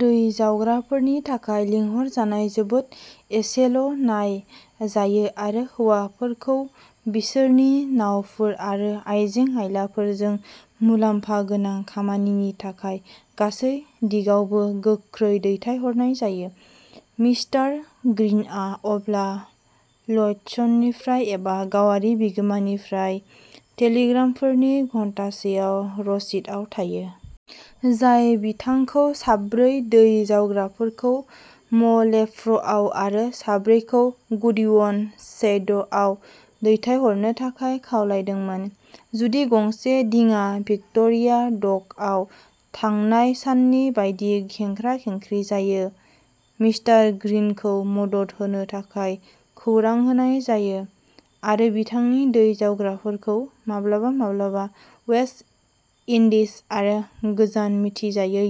दै जावग्राफोरनि थाखाय लिंहरजानाय जोबोद एसेल'नाय जायो आरो हौवाफोरखौ बिसोरनि नावफोर आरो आइजें-आइलाफोरजों मुलाम्फा गोनां खामानिनि थाखाय गासै दिगावबो गोख्रै दैथायहरनाय जायो। मिस्टार ग्रीनआ अब्ला ल'यड्सनिफ्राय एबा गावारि बिगोमानिफ्राय टेलिग्रामफोरनि घन्टासेआव रसिदआव थायो। जाय बिथांखौ साब्रै दै जावग्राफोरखौ म'लेफ्र'आव आरो साब्रैखौ गुडिवन सैंडआव दैथायहरनो थाखाय खावलायदोंमोन। जुदि गंसे दिङा भिक्ट'रिया डकआव थांनाय साननि बायदि खेंख्रा-खेंख्रि जायो। मिस्टार ग्रीनखौ मदद होनो थाखाय खौरां होनाय जायो आरो बिथांनि दै जावग्राफोरखौ माब्लाबा-माब्लाबा वेस्ट इंडिज आरो गोजान मिथिजायै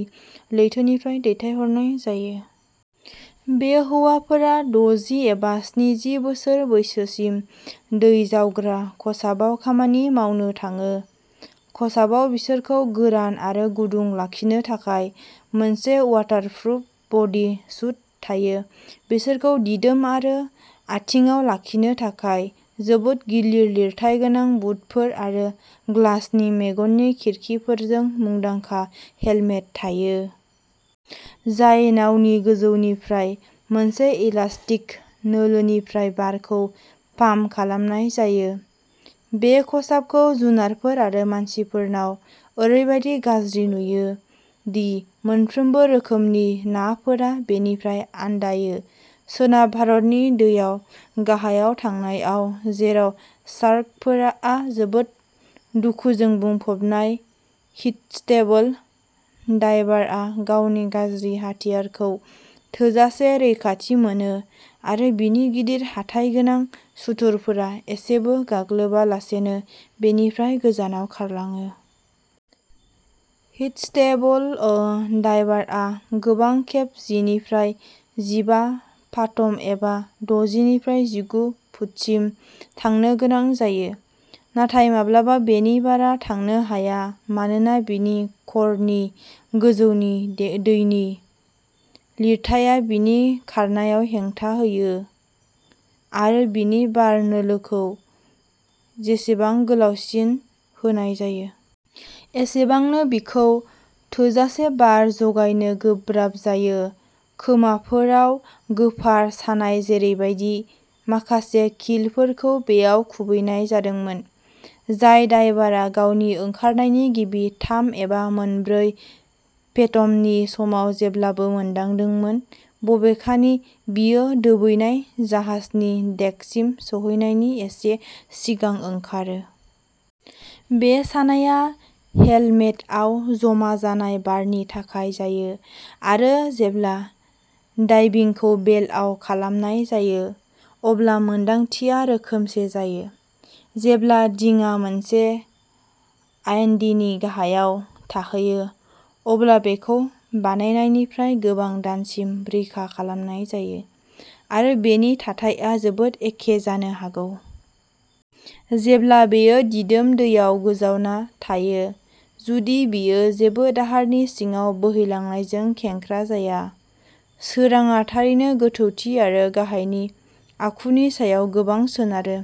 लैथोनिफ्राय दैथायहरनाय जायो। बे हौवाफोरा दजि एबा स्निजि बोसोर बैसोसिम दै जावग्रा खसाबाव खामानि मावनो थाङो। खसाबाव बिसोरखौ गोरान आरो गुदुं लाखिनो थाखाय मोनसे वाटारप्रुफ बडी सुट थायो। बिसोरखौ दिदोम आरो आथिंआव लाखिनो थाखाय जोबोद गिलिर लिरथाय गोनां बुटफोर आरो ग्लासनि मेगननि खिरखिफोरजों मुंदांखा हेलमेट थायो। जाय नावनि गोजौनिफ्राय मोनसे इलास्टिक नोलोनिफ्राय बारखौ पाम्प खालामनाय जायो। बे खसाबखौ जुनारफोर आरो मानसिफोरनाव ओरैबादि गाज्रि नुयो दि मोनफ्रोमबो रोखोमनि नाफोरा बेनिफ्राय आनदायो। सोनाब भारतनि दैयाव गाहायाव थांनायाव जेराव शार्कफोरा जोबोद दुखुजों बुंफबनाय हिटस्टेबल डाइभारआ गावनि गाज्रि हाथियारखौ थोजासे रैखाथि मोनो आरो बिनि गिदिर हाथाइ गोनां सुथुरफोरा एसेबो गाग्लोबालासेनो बेनिफ्राय गोजानाव खारलाङो। हिटस्टेबल डाइभारआ गोबां खेब जिनिफ्राय जिबा फाथम एबा दजिनिफ्राय जिगु फुटसिम थांनो गोनां जायो। नाथाय माब्लाबा बेनि बारा थांनो हाया मानोना बिनि खरनि गोजौनि दे-दैनि लिरथाया बिनि खारनायाव हेंथा होयो आरो बिनि बार नोलिखौ जेसेबां गोलावसिन होनाय जायो। एसेबांनो बिखौ थोजासे बार जगायनो गोब्राब जायो। खोमाफोराव गोफार सानाय जेरैबादि। माखासे किलफोरखौ बेयाव खुबैनाय जादोंमोन। जायखौ डायभारआ गावनि ओंखारनायनि गिबि थाम एबा मोनब्रै फेथमनि समाव जेब्लाबो मोनदांदोंमोन। बबेखानि बेयो दोबैनाय जाहाजनि डेकसिम सौहैनायनि एसे सिगां ओंखारो। बे सानाया हेलमेटआव जमा जानाय बारनि थाखाय जायो आरो जेब्ला डाइभिंखौ बेलआव खालामनाय जायो अब्ला मोन्दांथिया रोखोमसे जायो। जेब्ला दिङा मोनसे आइन्डीनि गाहायाव थाहैयो अब्ला बेखौ बायनायनिफ्राय गोबां दानसिम रैखा खालामनाय जायो आरो बेनि थाथाया जोबोद एखे जानो हागौ। जेब्ला बेयो दिदोम दैयाव गोजावना थायो जुदि बेयो जेबो दाहारनि सिङाव बोहैलांनायजों खेंख्रा जाया। सोरांआ थारैनो गोथौथि आरो गाहायनि आखुनि सायाव गोबां सोनारो।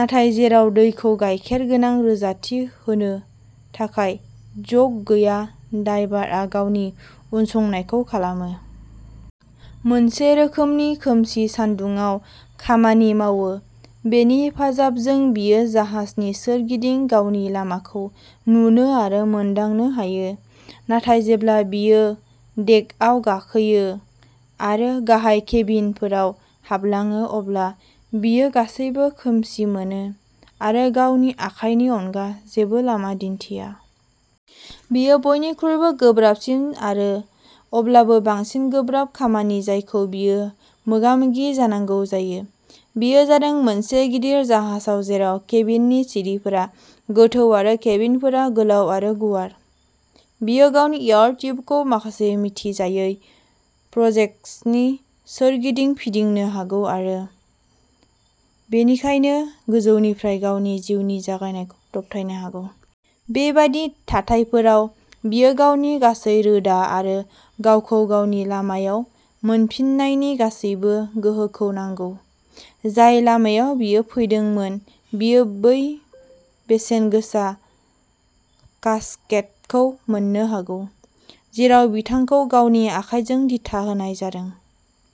नाथाय जेराव दैखौ गायखेर गोनां रोजाथि होनो थाखाय जक गैया डायभारआ गावनि उनसंनायखौ खालामो। मोनसे रोखोमनि खोमसि सान्दुंआव खामानि मावो। बेनि हेफाजाबजों बियो जाहाजनि सोरगिदिं गावनि लामाखौ नुनो आरो मोनदांनो हायो। नाथाय जेब्ला बियो डेकआव गाखोयो आरो गाहाय केबिनफोराव हाबलाङो अब्ला बियो गासैबो खोमसि मोनो आरो गावनि आखाइनि अनगा जेबो लामा दिन्थिया। बेयो बयनिख्रुइबो गोब्राबसिन आरो अब्लाबो बांसिन गोब्राब खामानि जायखौ बियो मोगा-मोगि जानांगौ जायो। बेयो जादों मोनसे गिदिर जाहाजाव जेराव केबिननि सिरिफोरा गोथौ आरो केबिनफोरा गोलाव आरो गुवार। बियो गावनि एयार टिउबखौ माखासे मिथिजायै प्रजेकसननि सोरगिदिं फिदिंनो हागौ आरो बेनिखायनो गोजौनिफ्राय गावनि जिउनि जगायनायखौ दबथायनो हागौ। बेबादि थाथायफोराव बियो गावनि गासै रोदा आरो गावखौ गावनि लामायाव मोनफिननायनि गासैबो गोहोखौ नांगौ। जाय लामायाव बियो फैदोंमोन। बियो बै बेसेनगोसा कास्केटखौ मोननो हागौ। जेराव बिथांखौ गावनि आखायजों दिथा होनाय जादों।